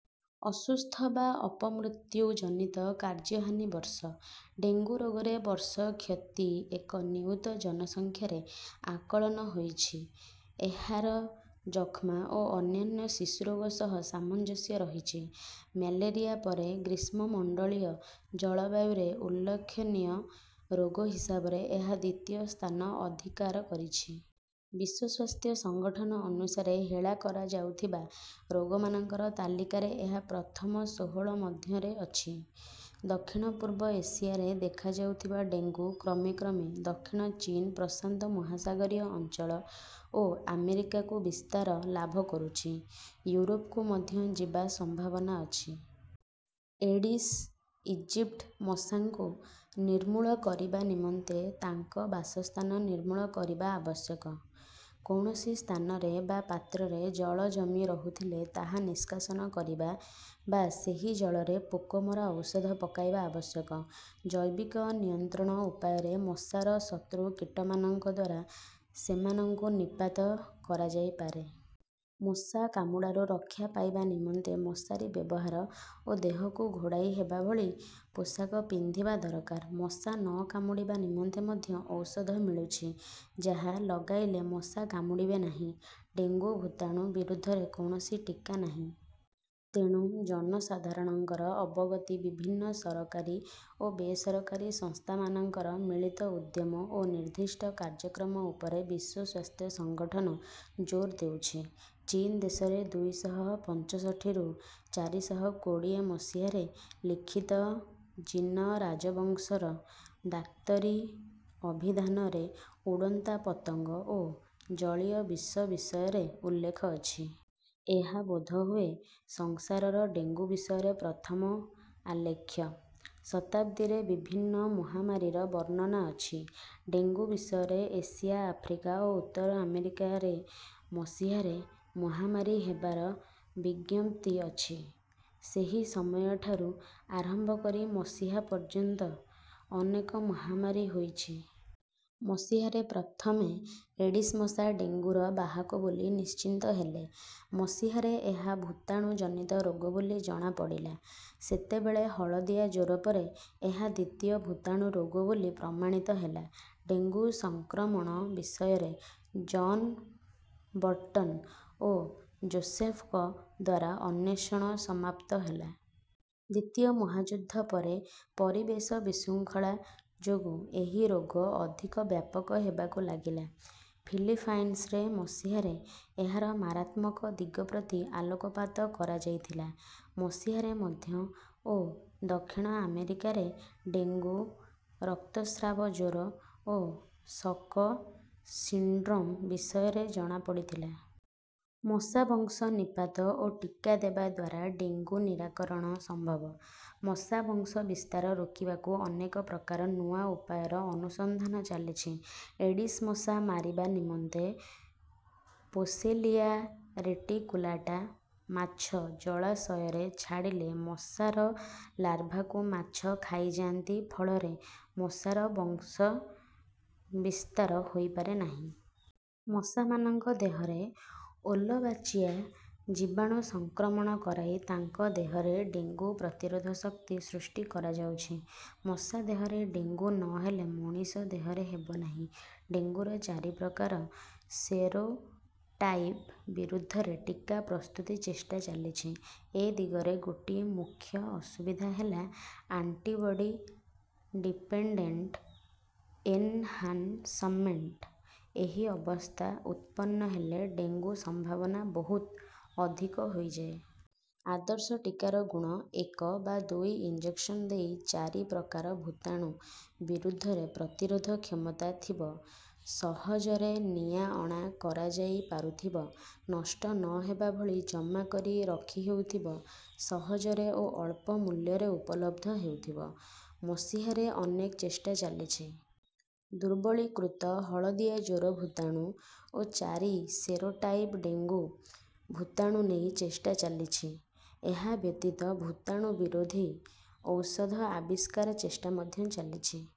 ଅସୁସ୍ଥ ବା ଅପମୃତ୍ୟୁ ଜନିତ କାର୍ଯ୍ୟହାନି ବର୍ଷ। ଡେଙ୍ଗୁ ରୋଗରେ ବର୍ଷ କ୍ଷତି ଏକ ନିୟୁତ ଜନସଂଖ୍ୟାରେ ଆକଳନ ହୋଇଛି। ଏହାର ଯକ୍ଷ୍ମା ଓ ଅନ୍ୟାନ୍ୟ ଶିଶୁରୋଗ ସହ ସାମଞ୍ଜସ୍ୟ ରହିଛି। ମ୍ୟାଲେରିଆ ପରେ ଗ୍ରୀଷ୍ମମଣ୍ଡଳୀୟ ଜଳବାୟୁରେ ଉଲ୍ଲେଖନୀୟ ରୋଗ ହିସାବରେ ଏହା ଦ୍ୱିତୀୟ ସ୍ଥାନ ଅଧିକାର କରିଛି। ବିଶ୍ୱ ସ୍ୱାସ୍ଥ୍ୟ ସଂଗଠନ ଅନୁସାରେ ହେଳା କରାଯାଉଥିବା ରୋଗମାନଙ୍କର ତାଲିକାରେ ଏହା ପ୍ରଥମ ଷୋହଳ ମଧ୍ୟରେ ଅଛି। ଦକ୍ଷିଣ ପୂର୍ବ ଏସିଆରେ ଦେଖାଯାଉଥିବା ଡେଙ୍ଗୁ କ୍ରମେ କ୍ରମେ ଦକ୍ଷିଣ ଚୀନ ପ୍ରଶାନ୍ତ ମହାସାଗରୀୟ ଅଞ୍ଚଳ ଓ ଆମେରିକାକୁ ବିସ୍ତାର ଲାଭ କରୁଛି। ୟୁରୋପକୁ ମଧ୍ୟ ଯିବା ସମ୍ଭାବନା ଅଛି। ଏଡିସ ଇଜିପ୍ଟି ମଶାଙ୍କୁ ନିର୍ମୂଳ କରିବା ନିମନ୍ତେ ତାଙ୍କ ବାସସ୍ଥାନ ନିର୍ମୂଳ କରିବା ଆବଶ୍ୟକ। କୌଣସି ସ୍ଥାନରେ ବା ପାତ୍ରରେ ଜଳ ଜମି ରହୁଥିଲେ ତାହା ନିଷ୍କାସନ କରିବା ବା ସେହି ଜଳରେ ପୋକ ମରା ଔଷଧ ପକାଇବା ଆବଶ୍ୟକ। ଜୈବିକ ନିୟନ୍ତ୍ରଣ ଉପାୟରେ ମଶାର ଶତ୍ରୁ କୀଟମାନଙ୍କ ଦ୍ୱାରା ସେମାନଙ୍କୁ ନିପାତ କରାଯାଇପାରେ। ମଶା କାମୁଡ଼ାରୁ ରକ୍ଷା ପାଇବା ନିମନ୍ତେ ମଶାରୀ ବ୍ୟବହାର ଓ ଦେହକୁ ଘୋଡ଼ାଇ ହେବା ଭଳି ପୋଷାକ ପିନ୍ଧିବା ଦରକାର। ମଶା ନ କାମୁଡ଼ିବା ନିମନ୍ତେ ମଧ୍ୟ ଔଷଧ ମିଳୁଛି ଯାହା ଲଗାଇଲେ ମଶା କାମୁଡ଼ିବେ ନାହିଁ। ଡେଙ୍ଗୁ ଭୂତାଣୁ ବିରୁଦ୍ଧରେ କୌଣସି ଟିକା ନାହିଁ। ତେଣୁ ଜନସାଧାରଣଙ୍କର ଅବଗତି ବିଭିନ୍ନ ସରକାରୀ ଓ ବେସରକାରୀ ସଂସ୍ଥାମାନଙ୍କର ମିଳିତ ଉଦ୍ୟମ ଓ ନିର୍ଦ୍ଦିଷ୍ଟ କାର୍ଯ୍ୟକ୍ରମ ଉପରେ ବିଶ୍ୱ ସ୍ୱାସ୍ଥ୍ୟ ସଂଗଠନ ଜୋର ଦେଉଛି। ଚୀନ ଦେଶରେ ଦୁଇ ଶହ ପଞ୍ଚଷଠିରୁ ଚାରି ଶହ କୋଡ଼ିଏ ମସିହାରେ ଲିଖିତ ଜିନ ରାଜବଂଶର ଡାକ୍ତରୀ ଅଭିଧାନରେ ଉଡ଼ନ୍ତା ପତଙ୍ଗ ଓ ଜଳୀୟ ବିଷ ବିଷୟରେ ଉଲ୍ଲେଖ ଅଛି। ଏହା ବୋଧହୁଏ ସଂସାରର ଡେଙ୍ଗୁ ବିଷୟରେ ପ୍ରଥମ ଆଲେଖ୍ୟ। ଶତାବ୍ଦୀରେ ବିଭିନ୍ନ ମହାମାରୀର ବର୍ଣ୍ଣନା ଅଛି। ଡେଙ୍ଗୁ ବିଷୟରେ ଏସିଆ ଆଫ୍ରିକା ଓ ଉତ୍ତର ଆମେରିକାରେ ମସିହାରେ ମହାମାରୀ ହେବାର ବିଜ୍ଞପ୍ତି ଅଛି। ସେହି ସମୟଠାରୁ ଆରମ୍ଭ କରି ମସିହା ପର୍ଯ୍ୟନ୍ତ ଅନେକ ମହାମାରୀ ହୋଇଛି। ମସିହାରେ ପ୍ରଥମେ ଏଡିସ ମଶା ଡେଙ୍ଗୁର ବାହକ ବୋଲି ନିଶ୍ଚିନ୍ତ ହେଲେ। ମସିହାରେ ଏହା ଭୂତାଣୁ ଜନିତ ରୋଗ ବୋଲି ଜଣାପଡ଼ିଲା। ସେତେବେଳେ ହଳଦିଆ ଜ୍ୱର ପରେ ଏହା ଦ୍ୱିତୀୟ ଭୂତାଣୁ ରୋଗ ବୋଲି ପ୍ରମାଣିତ ହେଲା। ଡେଙ୍ଗୁ ସଂକ୍ରମଣ ବିଷୟରେ ଜନ ବଟନ ଓ ଜୋସେଫକ ଦ୍ୱାରା ଅନ୍ୱେଷଣ ସମାପ୍ତ ହେଲା। ଦ୍ୱିତୀୟ ମହାଯୁଦ୍ଧ ପରେ ପରିବେଶ ବିଶୃଙ୍ଖଳା ଯୋଗୁଁ ଏହି ରୋଗ ଅଧିକ ବ୍ୟାପକ ହେବାକୁ ଲାଗିଲା। ଫିଲିଫାଇନ୍ସରେ ମସିହାରେ ଏହାର ମାରାତ୍ମକ ଦିଗ ପ୍ରତି ଆଲୋକପାତ କରାଯାଇଥିଲା। ମସିହାରେ ମଧ୍ୟ ଓ ଦକ୍ଷିଣ ଆମେରିକାରେ ଡେଙ୍ଗୁ ରକ୍ତସ୍ରାବ ଜ୍ୱର ଓ ସକ ସିଣ୍ଡ୍ରୋମ ବିଷୟରେ ଜଣାପଡ଼ିଥିଲା। ମଶା ବଂଶ ନିପାତ ଓ ଟିକା ଦେବା ଦ୍ୱାରା ଡେଙ୍ଗୁ ନିରାକରଣ ସମ୍ଭବ। ମଶା ବଂଶ ବିସ୍ତାର ରୋକିବାକୁ ଅନେକ ପ୍ରକାର ନୂଆ ଉପାୟର ଅନୁସନ୍ଧାନ ଚାଲିଛି। ଏଡିସ ମଶା ମାରିବା ନିମନ୍ତେ ପୋସେଲିଆ ରେଟିକୁଲାଟା ମାଛ ଜଳାଶୟରେ ଛାଡ଼ିଲେ ମଶାର ଲାର୍ଭାକୁ ମାଛ ଖାଇଯାଆନ୍ତି ଫଳରେ ମଶାର ବଂଶ ବିସ୍ତାର ହୋଇପାରେ ନାହିଁ। ମଶାମାନଙ୍କ ଦେହରେ ଓଲବାଚିଆ ଜୀବାଣୁ ସଂକ୍ରମଣ କରାଇ ତାଙ୍କ ଦେହରେ ଡେଙ୍ଗୁ ପ୍ରତିରୋଧ ଶକ୍ତି ସୃଷ୍ଟି କରାଯାଉଛି। ମଶା ଦେହରେ ଡେଙ୍ଗୁ ନ ହେଲେ ମଣିଷ ଦେହରେ ହେବ ନାହିଁ। ଡେଙ୍ଗୁର ଚାରି ପ୍ରକାର ସେରୋଟାଇପ ବିରୁଦ୍ଧରେ ଟିକା ପ୍ରସ୍ତୁତି ଚେଷ୍ଟା ଚାଲିଛି। ଏ ଦିଗରେ ଗୋଟିଏ ମୁଖ୍ୟ ଅସୁବିଧା ହେଲା ଆଣ୍ଟିବଡ଼ି ଡିପେଣ୍ଡେଣ୍ଟ ଏନହାନସମେଣ୍ଟ ଏହି ଅବସ୍ଥା ଉତ୍ପନ୍ନ ହେଲେ ଡେଙ୍ଗୁ ସମ୍ଭାବନା ବହୁତ ଅଧିକ ହୋଇଯାଏ। ଆଦର୍ଶ ଟିକାର ଗୁଣ ଏକ ବା ଦୁଇ ଇଞ୍ଜେକସନ ଦେଇ ଚାରି ପ୍ରକାର ଭୂତାଣୁ ବିରୁଦ୍ଧରେ ପ୍ରତିରୋଧ କ୍ଷମତା ଥିବ ସହଜରେ ନିଆଅଣା କରାଯାଇପାରୁଥିବ ନଷ୍ଟ ନ ହେବା ଭଳି ଜମା କରି ରଖିହେଉଥିବ ସହଜରେ ଓ ଅଳ୍ପ ମୂଲ୍ୟରେ ଉପଲବ୍ଧ ହେଉଥିବ। ମସିହାରେ ଅନେକ ଚେଷ୍ଟା ଚାଲିଛି। ଦୁର୍ବଳୀକୃତ ହଳଦିଆ ଜ୍ୱର ଭୂତାଣୁ ଓ ଚାରି ସେରୋଟାଇପ ଡେଙ୍ଗୁ ଭୂତାଣୁ ନେଇ ଚେଷ୍ଟା ଚାଲିଛି। ଏହା ବ୍ୟତୀତ ଭୂତାଣୁ ବିରୋଧୀ ଔଷଧ ଆବିଷ୍କାର ଚେଷ୍ଟା ମଧ୍ୟ ଚାଲିଛି।